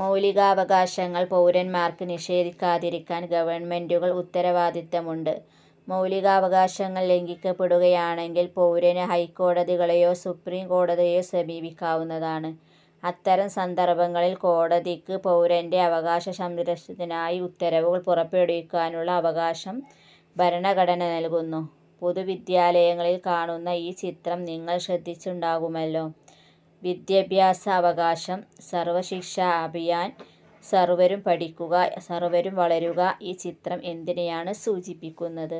മൗലികാവകാശങ്ങൾ പൗരന്മാർക്ക് നിഷേധിക്കാതിരിക്കാൻ ഗവൺമെന്റുകൾ ഉത്തരവാദിത്വമുണ്ട്. മൗലികാവകാശങ്ങൾ ലംഘിക്കപ്പെടുകയാണങ്കിൽ പൗരന് ഹൈക്കോടതികളെയോ സുപ്രീം കോടതിയേയോ സമീപിക്കാവുന്നതാണ്. അത്തരം സന്ദർഭങ്ങളിൽ കോടതിക്ക് പൗരന്റെ അവകാശസംരക്ഷണത്തിനായി ഉത്തരവുകൾ പുറപ്പെടുവിക്കാനുള്ള അവകാശം ഭരണഘടന നൽകുന്നു. പൊതുവിദ്യാലയങ്ങളിൽ കാണുന്ന ഈ ചിത്രം നിങ്ങൾ ശ്രദ്ധിച്ചിണ്ടാകുമല്ലോ. വിദ്യാഭ്യാസ അവകാശം- സർവ ശിക്ഷാ അഭിയാൻ- സർവരും പഠിക്കുക സർവരും വളരുക ഈ ചിത്രം എന്തിനെയാണ് സൂചിപ്പിക്കുന്നത്.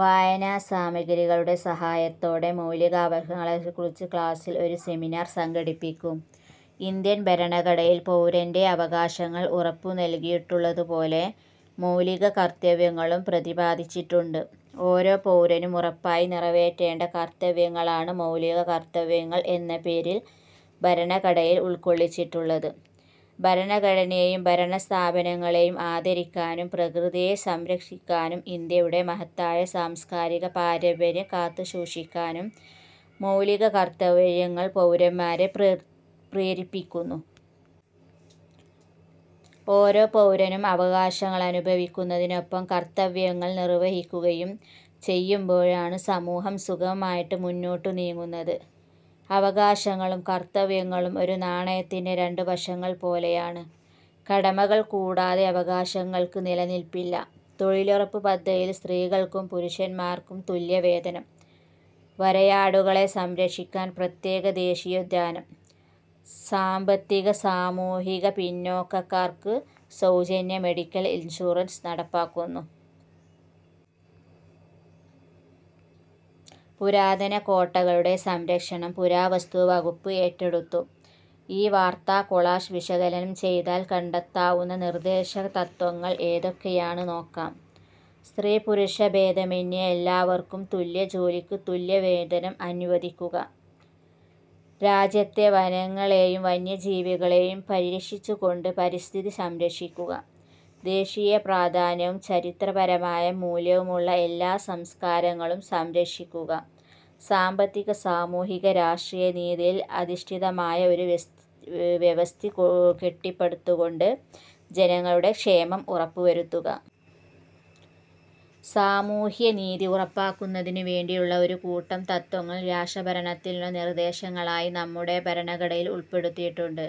വായനാസാമഗ്രികളുടെ സഹായത്തോടെ മൗലികാവകാങ്ങളെക്കുറിച്ച് ക്ലാസിൽ ഒരു സെമിനാർ സംഘടിപ്പിക്കൂ. ഇന്ത്യൻ ഭരണഘടനയിൽ പൗരന്റെ അവകാശങ്ങൾ ഉറപ്പു നൽകിയിട്ടുള്ളതുപോലെ മൗലിക കർത്തവ്യങ്ങളും പ്രതിപാദിച്ചിട്ടുണ്ട്. ഓരോ പൗരനും ഉറപ്പായി നിറവേറ്റേണ്ട കർത്തവ്യങ്ങളാണ് മൗലിക കർത്തവ്യങ്ങൾ എന്ന പേരിൽ ഭരണഘടയിൽ ഉൾക്കൊള്ളിച്ചിട്ടുള്ളത്. ഭരണഘടനയെയും ഭരണസ്ഥാപനങ്ങളെയും ആദരിക്കാനും പ്രകൃതിയെ സംരക്ഷിക്കാനും ഇന്ത്യയുടെ മഹത്തായ സാംസ്കാരിക പാരമ്പര്യം കാത്തുസൂക്ഷിക്കാനും മൗലിക കർത്തവ്യങ്ങൾ പൗരന്മാരെ പ്രെ പ്രേരിപ്പിക്കുന്നു. ഓരോ പൗരനും അവകാശങ്ങളനുഭവിക്കുന്നതിനൊപ്പം കർത്തവ്യങ്ങൾ നിർവഹിക്കുകയും ചെയ്യുമ്പോഴാണ് സമൂഹം സുഗമമായിട്ട് മുന്നോട്ടു നീങ്ങുന്നത്. അവകാശങ്ങളും കർത്തവ്യങ്ങളും ഒരു നാണയത്തിന്റെ രണ്ട് വശങ്ങൾ പോലെയാണ്. കടമകൾ കൂടാതെ അവകാശങ്ങൾക്ക് നിലനില്പ്പില്ല. തൊഴിലുറപ്പ് പദ്ധതിയിൽ സ്ത്രീകൾക്കും പുരുഷൻമാർക്കും തുല്യവേതനം. വരയാടുകളെ സംരക്ഷിക്കാൻ പ്രത്യേക ദേശീയോദ്യാനം. സാമ്പത്തിക-സാമൂഹിക പിന്നോക്കക്കാർക്ക് സൗജന്യ മെഡിക്കൽ ഇൻഷുറൻസ് നടപ്പാക്കുന്നു. പുരാതന കോട്ടകളുടെ സംരക്ഷണം പുരാവസ്തു വകുപ്പ് ഏറ്റെടുത്തു. ഈ വാർത്താകൊളാഷ് വിശകലനം ചെയ്താൽ കണ്ടെത്താവുന്ന നിർദ്ദേശകതത്ത്വങ്ങൾ ഏതൊക്കെയാണ്നോക്കാം. സ്ത്രീപുരുഷ ഭേദമെന്യേ എല്ലാവർക്കും തുല്യജോലിക്ക് തുല്യവേതനം അനുവദിക്കുക. രാജ്യത്തെ വനങ്ങളെയും വന്യജീവികളെയും പരിരക്ഷിച്ചുകൊണ്ട് പരിസ്ഥിതി സംരക്ഷിക്കുക. ദേശീയപ്രാധാന്യവും ചരിത്രപരമായ മൂല്യവുമുള്ള എല്ലാ സംസ്കാരങ്ങളും സംരക്ഷിക്കുക. സാമ്പത്തിക, സാമൂഹിക, രാഷ്ട്രീയ നീതിയിൽ അധിഷ്ഠിതമായ ഒരു വ്യവസ്ഥിതി കെട്ടിപ്പടുത്തുകൊണ്ട് ജനങ്ങളുടെ ക്ഷേമം ഉറപ്പുവരുത്തുക. സാമൂഹ്യ നീതി ഉറപ്പാക്കുന്നതിനുവേണ്ടിയുള്ള ഒരു കൂട്ടം തത്ത്വങ്ങൾ രാഷ്ട്ര ഭരണത്തിനുള്ള നിർദേശങ്ങളായി നമ്മുടെ ഭരണഘടനയിൽ ഉൾപ്പെടുത്തിയിട്ടുണ്ട്.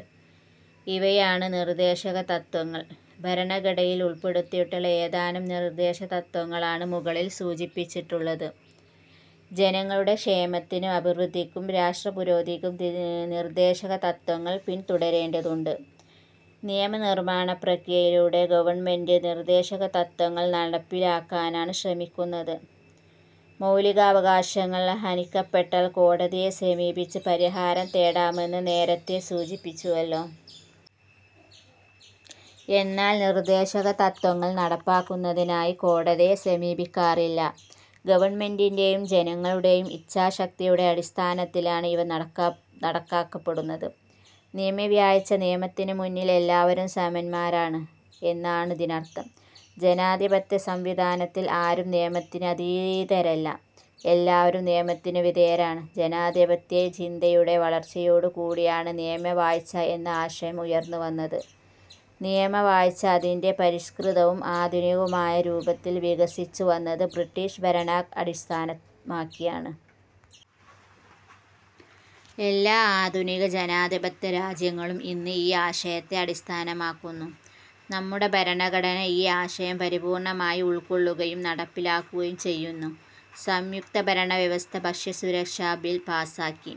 ഇവയാണ് നിർദ്ദേശകതത്ത്വങ്ങൾ. ഭരണഘടയിൽ ഉൾപ്പെടുത്തിയിട്ടുള്ള ഏതാനും നിർദ്ദേശകതത്ത്വങ്ങളാണ് മുകളിൽ സൂചിപ്പിച്ചിട്ടുള്ളത്. ജനങ്ങളുടെ ക്ഷേമത്തിനും അഭിവൃദ്ധിക്കും രാഷ്ട്രപുരോഗതിക്കും നിർദ്ദേശകതത്ത്വങ്ങൾ പിൻതുടരേണ്ടതുണ്ട്. നിയമനിർമ്മാണപ്രക്രിയയിലൂടെ ഗവൺമെന്റ് നിർദ്ദേശകതത്ത്വങ്ങൾ നടപ്പിലാക്കാനാണ് ശ്രമിക്കുന്നത്. മൗലികാവകാശങ്ങൾ ഹനിക്കപ്പെട്ടാൽ കോടതിയെ സമീപിച്ച് പരിഹാരം തേടാമെന്ന് നേരത്തേ സൂചിപ്പിച്ചുവല്ലോ. എന്നാൽ നിർദ്ദേശകതത്ത്വങ്ങൾ നടപ്പാക്കുന്നതിനായി കോടതിയെ സമീപിക്കാനാകില്ല. ഗവൺമെന്റിന്റെയും ജനങ്ങളുടെയും ഇച്ഛാശക്തിയുടെ അടിസ്ഥാനത്തിലാണ് ഇവ നടക്കാ നടപ്പാക്കപ്പെടുന്നത്. നിയമവാഴ്ച നിയമത്തിനുമുന്നിൽ എല്ലാവരും സമന്മാരാണ്. എന്താണിതിനർത്ഥം? ജനാധിപത്യ സംവിധാനത്തിൽ ആരും നിയമത്തിന് അതീതരല്ല. എല്ലാവരും നിയമത്തിനു വിധേയരാണ്. ജനാധിപത്യചിന്തയുടെ വളർച്ചയോടുകൂടിയാണ് നിയമവാഴ്ച എന്ന ആശയം ഉയർന്നുവന്നത്. നിയമവാഴ്ച അതിന്റെ പരിഷ്കൃതവും ആധുനികവുമായ രൂപത്തിൽ വികസിച്ചു വന്നത് ബ്രിട്ടീഷ് ഭരണ അടിസ്ഥാനമാക്കിയാണ്. എല്ലാ ആധുനിക ജനാധിപത്യ രാജ്യങ്ങളും ഇന്ന് ഈ ആശയത്തെ അടിസ്ഥാനമാക്കുന്നു. നമ്മുടെ ഭരണഘടന ഈ ആശയം പരിപൂർണ്ണമായി ഉൾക്കൊള്ളുകയും നടപ്പിലാക്കുകയും ചെയ്യുന്നു. സംയുക്തഭരണവ്യവസ്ഥ ഭക്ഷ്യസുരക്ഷാ ബിൽ പാസ്സാക്കി.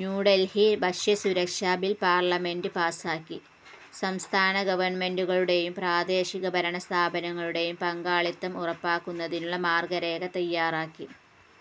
ന്യൂഡൽഹി: ഭക്ഷ്യസുരക്ഷാ ബിൽ പാർലമെന്റ് പാസ്സാക്കി. സംസ്ഥാന ഗവൺമെന്റുകളുടെയും പ്രാദേശിക ഭരണസ്ഥാപനങ്ങളുടെയും പങ്കാളിത്തം ഉറപ്പാക്കുന്നതിനുള്ള മാർഗ്ഗരേഖ തയ്യാറാക്കി.